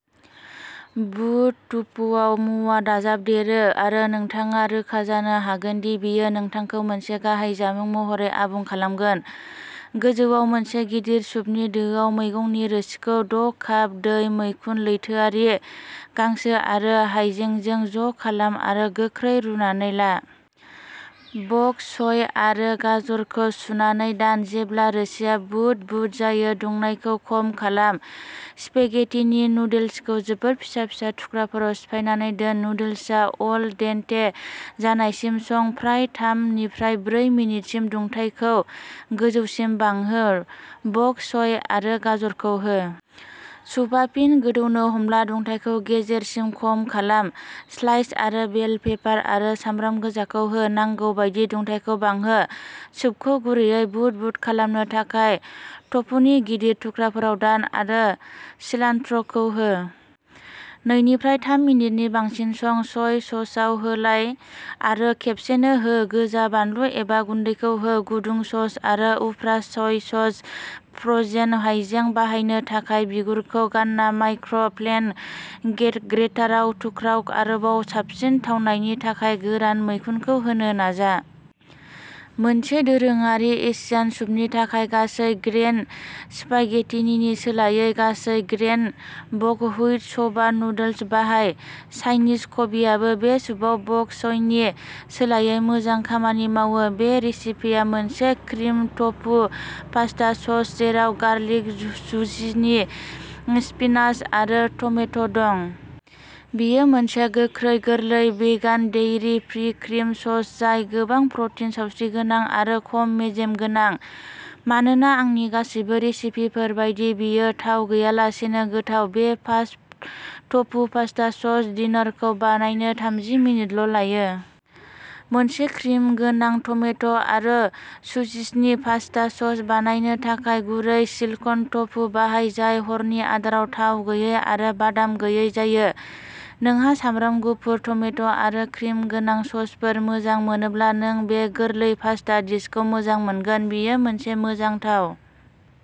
बुद टुफुआ मुवा दाजाबदेरो आरो नोंथाङा रोखा जानो हागोन दि बेयो नोंथांखौ मोनसे गाहाय जामुं महरै आबुं खालामगोन। गोजौआव, मोनसे गिदिर सुपनि दोआव, मैगंनि रोसिखौ द' काप दै, मैखुन, लैथोआरि गांसो आरो हायजेंजों ज' खालाम आरो गोख्रै रुनानै ला। बक च'य आरो गाजरखौ सुनानै दान। जेब्ला रोसिआ बुद बुद जायो, दुंनायखौ खम खालाम, स्पेगेटिनि नुडल्सखौ जोबोद फिसा फिसा थुख्राफोराव सिफायनानै दोन। नुडल्सआ अल डेन्टे जानायसिम सं, फ्राय थाम निफ्राय ब्रै मिनिटसिम। दुंथायखौ गोजौसिम बांहो, बक च'य आरो गाजरखौ हो। सुपआ फिन गोदौनो हमब्ला दुंथायखौ गेजेरसिम खम खालाम। स्लाइस आरो बेल पेपार आरो सामब्राम गोजाखौ हो, नांगौ बायदि दुंथायखौ बांहो, सुपखौ गुरैयै बुद बुद खालामनो थाखाय टफुनि गिदिर थुख्राफोराव दान आरो सिलान्ट्र' खौ हो। नै निफ्राय थाम मिनिटनि बांसिन सं। सय ससआव होलाय आरो खेबसेनो हो। गोजा बानलु, एबा गुन्दैखौ हो। गुदुं सस आरो उफ्रा सय सस। फ्र'जेन हाइजें बाहायनो थाखाय बिगुरखौ गानना माइक्र'प्लेन ग्रेन ग्रेटाराव थुख्राव। आरोबाव साबसिन थावनायनि थाखाय गोरान मैखुनखौ होनो नाजा। मोनसे दोरोङारि एसियान सुपनि थाखाय, गासै ग्रेइन स्पाघेटिनिनि सोलायै गासै ग्रेइन बकहुइट स'बा नुडल्स बाहाय। चाइनिज कबिआबो बे सुपआव बक चयनि सोलायै मोजां खामानि मावो। बे रेसिपिया मोनसे क्रिम ट'फु पास्ता सस, जेराव गार्लिक, जुजुचिनी, स्पिनाच आरो टमेट' दं। बेयो मोनसे गोख्रै, गोरलै भेगान डेयरी-फ्री क्रिम सस जाय गोबां प्र'टिन, सावस्रिगोनां आरो खम मेजेम गोनां। मानोना, आंनि गासैबो रेसिपिफोर बायदि, बेयो थाव गैयालासेनो गोथाव। बे फास्ट ट'फु पास्ता सस डिनरखौ बानायनो थामजि मिनिटल' लायो। मोनसे क्रिम गोनां, टमेट'आरो जुचिनी पास्ता सस बानायनो थाखाय गुरै सिल्कन ट'फु बाहाय जाय हरनि आदाराव थाव गैयै आरो बादाम गैयै जायो। नोंहा सामब्राम गुफुर, टमेट' आरो क्रिम गोनां ससफोर मोजां मोनोब्ला नों बे गोरलै पास्ता डिशखौ मोजां मोनगोन। बेयो मोनसे मोजां थाव।